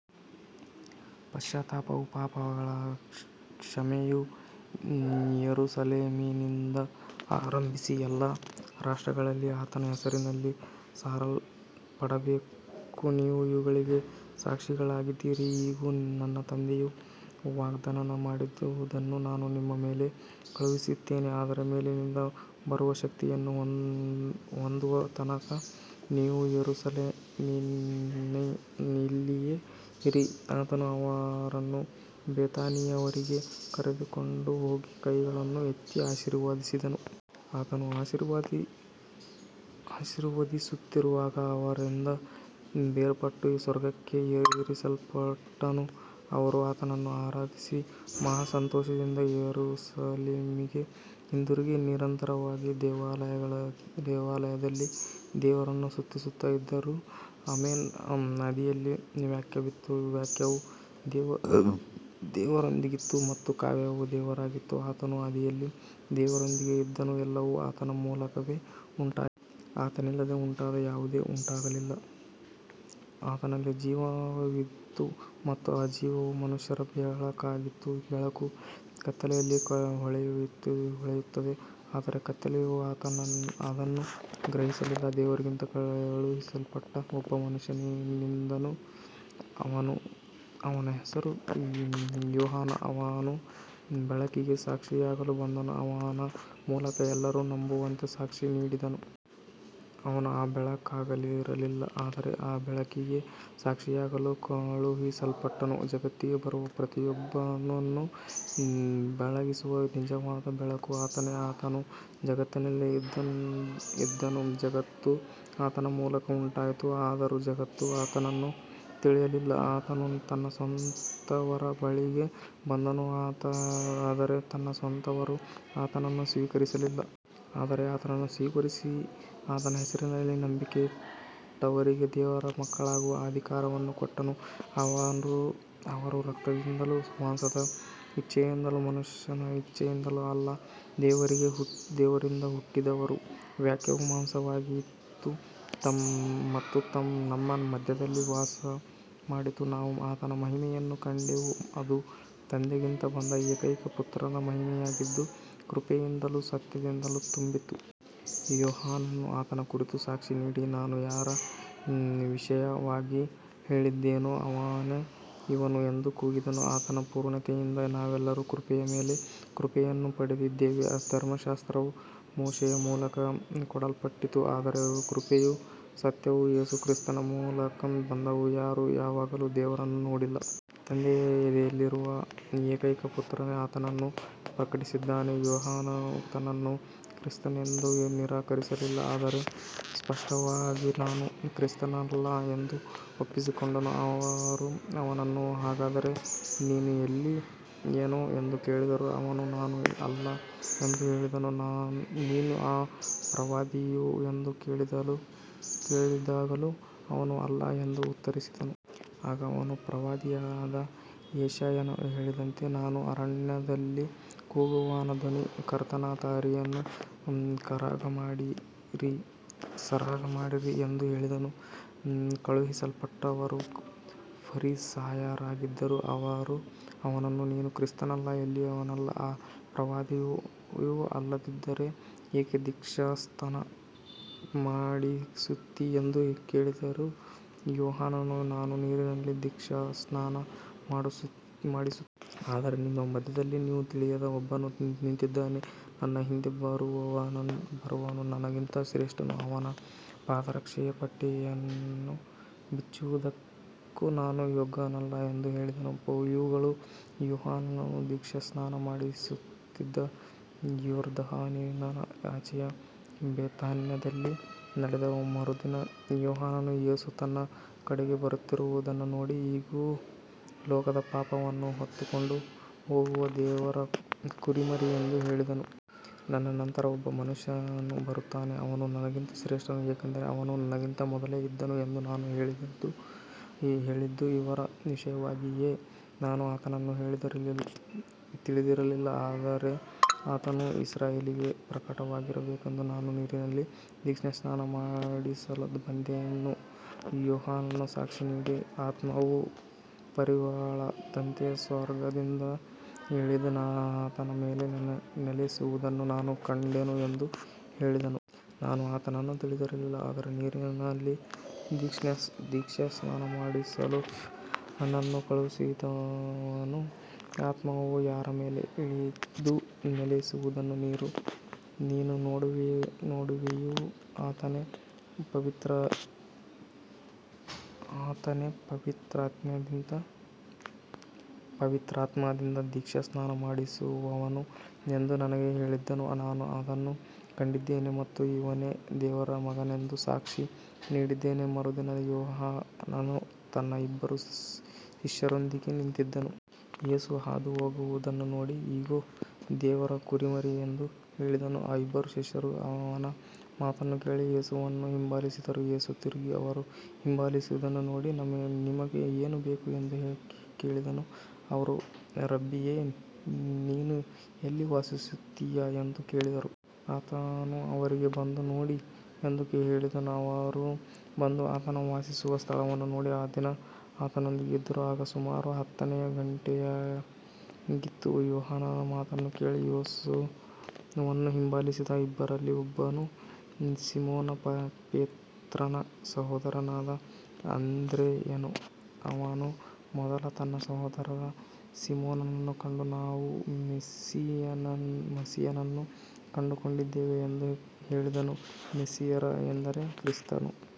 ಪಶ್ಚಾತ್ತಾಪವೂ ಪಾಪಗಳ ಕ್ಷಮೆಯೂ ಯೆರೂಸಲೇಮಿನಿಂದ ಆರಂಭಿಸಿ ಎಲ್ಲಾ ರಾಷ್ಟ್ರಗಳಲ್ಲಿ ಆತನ ಹೆಸರಿನಲ್ಲಿ ಸಾರಲ್ಪಡಬೇಕು. ನೀವು ಇವುಗಳಿಗೆ ಸಾಕ್ಷಿಗಳಾಗಿದ್ದೀರಿ. ಇಗೋ, ನನ್ನ ತಂದೆಯು ವಾಗ್ದಾನ ಮಾಡಿದುದನ್ನು ನಾನು ನಿಮ್ಮ ಮೇಲೆ ಕಳುಹಿಸುತ್ತೇನೆ. ಆದರೆ ಮೇಲಿನಿಂದ ಬರುವ ಶಕ್ತಿಯನ್ನು ಹೊಂದುವ ತನಕ ನೀವು ಯೆರೂಸಲೇಮಿನಲ್ಲಿಯೇ ಇರಿ. ಆತನು ಅವರನ್ನು ಬೆಥಾನಿಯವರೆಗೆ ಕರೆದುಕೊಂಡು ಹೋಗಿ ಕೈಗಳನ್ನು ಎತ್ತಿ ಆಶೀರ್ವದಿಸಿದನು. ಆತನು ಆಶೀರ್ವದಿಸುತ್ತಿರುವಾಗ ಅವರಿಂದ ಬೇರ್ಪಟ್ಟು ಸ್ವರ್ಗಕ್ಕೆ ಏರಿಸಲ್ಪಟ್ಟನು. ಅವರು ಆತನನ್ನು ಆರಾಧಿಸಿ ಮಹಾ ಸಂತೋಷದಿಂದ ಯೆರೂಸಲೇಮಿಗೆ ಹಿಂದಿರುಗಿ, ನಿರಂತರವಾಗಿ ದೇವಾಲಯದಲ್ಲಿ ದೇವರನ್ನು ಸ್ತುತಿಸುತ್ತಾ ಇದ್ದರು. ಆಮೆನ್. ಆದಿಯಲ್ಲಿ ವಾಕ್ಯವಿತ್ತು. ವಾಕ್ಯವು ದೇವರೊಂದಿಗಿತ್ತು ಮತ್ತು ವಾಕ್ಯವೇ ದೇವರಾಗಿತ್ತು. ಆತನು ಆದಿಯಲ್ಲಿ ದೇವರೊಂದಿಗೆ ಇದ್ದನು. ಎಲ್ಲವೂ ಆತನ ಮೂಲಕವೇ ಉಂಟಾಯಿತು. ಆತನಿಲ್ಲದೆ ಉಂಟಾದ ಯಾವುದೂ ಉಂಟಾಗಲಿಲ್ಲ. ಆತನಲ್ಲಿ ಜೀವವಿತ್ತು ಮತ್ತು ಆ ಜೀವವು ಮನುಷ್ಯರ ಬೆಳಕಾಗಿತ್ತು. ಬೆಳಕು ಕತ್ತಲೆಯಲ್ಲಿ ಹೊಳೆಯುತ್ತದೆ, ಆದರೆ ಕತ್ತಲೆಯು ಅದನ್ನು ಗ್ರಹಿಸಲಿಲ್ಲ. ದೇವರಿಂದ ಕಳುಹಿಸಲ್ಪಟ್ಟ ಒಬ್ಬ ಮನುಷ್ಯನಿದ್ದನು. ಅವನ ಹೆಸರು ಯೋಹಾನ. ಅವನು ಬೆಳಕಿಗೆ ಸಾಕ್ಷಿಯಾಗಲು ಬಂದನು, ಅವನ ಮೂಲಕ ಎಲ್ಲರೂ ನಂಬುವಂತೆ ಸಾಕ್ಷಿ ನೀಡಿದನು. ಅವನು ಆ ಬೆಳಕಾಗಿರಲಿಲ್ಲ, ಆದರೆ ಆ ಬೆಳಕಿಗೆ ಸಾಕ್ಷಿಯಾಗಲು ಕಳುಹಿಸಲ್ಪಟ್ಟನು. ಜಗತ್ತಿಗೆ ಬರುವ ಪ್ರತಿಯೊಬ್ಬನನ್ನೂ ಬೆಳಗಿಸುವ ನಿಜವಾದ ಬೆಳಕು ಆತನೇ. ಆತನು ಜಗತ್ತಿನಲ್ಲಿ ಇದ್ದನು, ಜಗತ್ತು ಆತನ ಮೂಲಕ ಉಂಟಾಯಿತು, ಆದರೂ ಜಗತ್ತು ಆತನನ್ನು ತಿಳಿಯಲಿಲ್ಲ. ಆತನು ತನ್ನ ಸ್ವಂತವರ ಬಳಿಗೆ ಬಂದನು, ಆದರೆ ತನ್ನ ಸ್ವಂತವರು ಆತನನ್ನು ಸ್ವೀಕರಿಸಲಿಲ್ಲ. ಆದರೆ ಆತನನ್ನು ಸ್ವೀಕರಿಸಿ ಆತನ ಹೆಸರಿನಲ್ಲಿ ನಂಬಿಕೆಯಿಟ್ಟವರಿಗೆ ದೇವರ ಮಕ್ಕಳಾಗುವ ಅಧಿಕಾರವನ್ನು ಕೊಟ್ಟನು. ಅವರು ರಕ್ತದಿಂದಲೂ, ಮಾಂಸದ ಇಚ್ಛೆಯಿಂದಲೂ, ಮನುಷ್ಯನ ಇಚ್ಛೆಯಿಂದಲೂ ಅಲ್ಲ, ದೇವರಿಂದ ಹುಟ್ಟಿದವರು. ವಾಕ್ಯವು ಮಾಂಸವಾಯಿತು ಮತ್ತು ನಮ್ಮ ಮಧ್ಯದಲ್ಲಿ ವಾಸಮಾಡಿತು. ನಾವು ಆತನ ಮಹಿಮೆಯನ್ನು ಕಂಡೆವು. ಅದು ತಂದೆಯಿಂದ ಬಂದ ಏಕೈಕ ಪುತ್ರನ ಮಹಿಮೆಯಾಗಿದ್ದು, ಕೃಪೆಯಿಂದಲೂ ಸತ್ಯದಿಂದಲೂ ತುಂಬಿತ್ತು. ಯೋಹಾನನು ಆತನ ಕುರಿತು ಸಾಕ್ಷಿ ನೀಡಿ, ನಾನು ಯಾರ ವಿಷಯವಾಗಿ ಹೇಳಿದ್ದೆನೋ ಅವನೇ ಇವನು ಎಂದು ಕೂಗಿದನು. ಆತನ ಪೂರ್ಣತೆಯಿಂದ ನಾವೆಲ್ಲರೂ ಕೃಪೆಯ ಮೇಲೆ ಕೃಪೆಯನ್ನು ಪಡೆದಿದ್ದೇವೆ. ಧರ್ಮಶಾಸ್ತ್ರವು ಮೋಶೆಯ ಮೂಲಕ ಕೊಡಲ್ಪಟ್ಟಿತು, ಆದರೆ ಕೃಪೆಯೂ ಸತ್ಯವೂ ಯೇಸು ಕ್ರಿಸ್ತನ ಮೂಲಕ ಬಂದವು. ಯಾರೂ ಯಾವಾಗಲೂ ದೇವರನ್ನು ನೋಡಿಲ್ಲ. ತಂದೆಯ ಎದೆಯಲ್ಲಿರುವ ಏಕೈಕ ಪುತ್ರನೇ ಆತನನ್ನು ಪ್ರಕಟಪಡಿಸಿದ್ದಾನೆ. ಯೋಹಾನನು ತನ್ನನ್ನು ಕ್ರಿಸ್ತನೆಂದು ನಿರಾಕರಿಸಲಿಲ್ಲ, ಆದರೆ ಸ್ಪಷ್ಟವಾಗಿ, ನಾನು ಕ್ರಿಸ್ತನಲ್ಲ ಎಂದು ಒಪ್ಪಿಕೊಂಡನು. ಅವರು ಅವನನ್ನು, ಹಾಗಾದರೆ ನೀನು ಎಲೀಯನೋ ಎಂದು ಕೇಳಿದರು. ಅವನು, ನಾನು ಅಲ್ಲ ಎಂದು ಹೇಳಿದನು. ನೀನು ಆ ಪ್ರವಾದಿಯೋ ಎಂದು ಕೇಳಿದಾಗಲೂ ಅವನು, ಅಲ್ಲ ಎಂದು ಉತ್ತರಿಸಿದನು. ಆಗ ಅವನು, ಪ್ರವಾದಿಯಾದ ಯೆಶಾಯನು ಹೇಳಿದಂತೆ, ನಾನು ಅರಣ್ಯದಲ್ಲಿ ಕೂಗುವವನ ಧ್ವನಿ, ಕರ್ತನ ದಾರಿಯನ್ನು ಸರಾಗಮಾಡಿರಿ ಎಂದು ಹೇಳಿದನು. ಕಳುಹಿಸಲ್ಪಟ್ಟವರು ಫರಿಸಾಯರಾಗಿದ್ದರು. ಅವರು ಅವನನ್ನು, ನೀನು ಕ್ರಿಸ್ತನಲ್ಲ, ಎಲೀಯನಲ್ಲ, ಆ ಪ್ರವಾದಿಯೂ ಅಲ್ಲದಿದ್ದರೆ ಏಕೆ ದೀಕ್ಷಾಸ್ನಾನ ಮಾಡಿಸುತ್ತೀ ಎಂದು ಕೇಳಿದರು. ಯೋಹಾನನು, ನಾನು ನೀರಿನಲ್ಲಿ ದೀಕ್ಷಾಸ್ನಾನ ಮಾಡಿಸುತ್ತೇನೆ. ಆದರೆ ನಿಮ್ಮ ಮಧ್ಯದಲ್ಲಿ ನೀವು ತಿಳಿಯದ ಒಬ್ಬನು ನಿಂತಿದ್ದಾನೆ. ನನ್ನ ಹಿಂದೆ ಬರುವವನು ನನಗಿಂತ ಶ್ರೇಷ್ಠನು. ಅವನ ಪಾದರಕ್ಷೆಯ ಪಟ್ಟಿಯನ್ನು ಬಿಚ್ಚುವುದಕ್ಕೂ ನಾನು ಯೋಗ್ಯನಲ್ಲ ಎಂದು ಹೇಳಿದನು. ಇವುಗಳು ಯೋಹಾನನು ದೀಕ್ಷಾಸ್ನಾನ ಮಾಡಿಸುತ್ತಿದ್ದ ಯೊರ್ದಾನಿನ ಆಚೆಯ ಬೇತಾನ್ಯದಲ್ಲಿ ನಡೆದವು. ಮರುದಿನ ಯೋಹಾನನು ಯೇಸು ತನ್ನ ಕಡೆಗೆ ಬರುತ್ತಿರುವುದನ್ನು ನೋಡಿ, ಇಗೋ, ಲೋಕದ ಪಾಪವನ್ನು ಹೊತ್ತುಕೊಂಡು ಹೋಗುವ ದೇವರ ಕುರಿಮರಿ ಎಂದು ಹೇಳಿದನು. ನನ್ನ ನಂತರ ಒಬ್ಬ ಮನುಷ್ಯನು ಬರುತ್ತಾನೆ, ಅವನು ನನಗಿಂತ ಶ್ರೇಷ್ಠನು, ಏಕೆಂದರೆ ಅವನು ನನಗಿಂತ ಮೊದಲೇ ಇದ್ದನು ಎಂದು ನಾನು ಹೇಳಿದ್ದು ಇವರ ವಿಷಯವಾಗಿಯೇ. ನಾನು ಆತನನ್ನು ತಿಳಿದಿರಲಿಲ್ಲ. ಆದರೆ ಆತನು ಇಸ್ರಾಯೇಲಿಗೆ ಪ್ರಕಟವಾಗಬೇಕೆಂದು ನಾನು ನೀರಿನಲ್ಲಿ ದೀಕ್ಷಾಸ್ನಾನ ಮಾಡಿಸಲು ಬಂದೆನು. ಯೋಹಾನನು ಸಾಕ್ಷಿ ನೀಡಿ, ಆತ್ಮವು ಪಾರಿವಾಳದಂತೆ ಸ್ವರ್ಗದಿಂದ ಇಳಿದು ಆತನ ಮೇಲೆ ನೆಲೆಸುವುದನ್ನು ನಾನು ಕಂಡೆನು ಎಂದು ಹೇಳಿದನು. ನಾನು ಆತನನ್ನು ತಿಳಿದಿರಲಿಲ್ಲ. ಆದರೆ ನೀರಿನಲ್ಲಿ ದೀಕ್ಷಾಸ್ನಾನ ಮಾಡಿಸಲು ನನ್ನನ್ನು ಕಳುಹಿಸಿದವನು, ಆತ್ಮವು ಯಾರ ಮೇಲೆ ಇಳಿದು ನೆಲೆಸುವುದನ್ನು ನೀನು ನೋಡುವೆಯೋ ಆತನೇ ಪವಿತ್ರಾತ್ಮದಿಂದ ದೀಕ್ಷಾಸ್ನಾನ ಮಾಡಿಸುವವನು ಎಂದು ನನಗೆ ಹೇಳಿದ್ದನು. ನಾನು ಅದನ್ನು ಕಂಡಿದ್ದೇನೆ ಮತ್ತು ಇವನೇ ದೇವರ ಮಗನೆಂದು ಸಾಕ್ಷಿ ನೀಡಿದ್ದೇನೆ. ಮರುದಿನ ಯೋಹಾನನು ತನ್ನ ಇಬ್ಬರು ಶಿಷ್ಯರೊಂದಿಗೆ ನಿಂತಿದ್ದನು. ಯೇಸು ಹಾದುಹೋಗುವುದನ್ನು ನೋಡಿ, ಇಗೋ, ದೇವರ ಕುರಿಮರಿ ಎಂದು ಹೇಳಿದನು. ಆ ಇಬ್ಬರು ಶಿಷ್ಯರು ಅವನ ಮಾತನ್ನು ಕೇಳಿ ಯೇಸುವನ್ನು ಹಿಂಬಾಲಿಸಿದರು. ಯೇಸು ತಿರುಗಿ ಅವರು ಹಿಂಬಾಲಿಸುವುದನ್ನು ನೋಡಿ, ನಿಮಗೆ ಏನು ಬೇಕು ಎಂದು ಕೇಳಿದನು. ಅವರು, ರಬ್ಬಿಯೇ, ನೀನು ಎಲ್ಲಿ ವಾಸಿಸುತ್ತೀಯ ಎಂದು ಕೇಳಿದರು. ಆತನು ಅವರಿಗೆ, ಬಂದು ನೋಡಿ ಎಂದು ಹೇಳಿದನು. ಅವರು ಬಂದು ಆತನು ವಾಸಿಸುತ್ತಿದ್ದ ಸ್ಥಳವನ್ನು ನೋಡಿ, ಆ ದಿನ ಆತನೊಂದಿಗೆ ಇದ್ದರು. ಆಗ ಸುಮಾರು ಹತ್ತನೆಯ ಗಂಟೆಯಾಗಿತ್ತು. ಯೋಹಾನನ ಮಾತನ್ನು ಕೇಳಿ ಯೇಸುವನ್ನು ಹಿಂಬಾಲಿಸಿದ ಇಬ್ಬರಲ್ಲಿ ಒಬ್ಬನು ಸೀಮೋನ ಪೇತ್ರನ ಸಹೋದರನಾದ ಅಂದ್ರೆಯನು. ಅವನು ಮೊದಲು ತನ್ನ ಸಹೋದರ ಸೀಮೋನನನ್ನು ಕಂಡು, ನಾವು ಮೆಸ್ಸೀಯನನ್ನು ಕಂಡುಕೊಂಡಿದ್ದೇವೆ ಎಂದು ಹೇಳಿದನು. ಮೆಸ್ಸೀಯ ಎಂದರೆ ಕ್ರಿಸ್ತನು.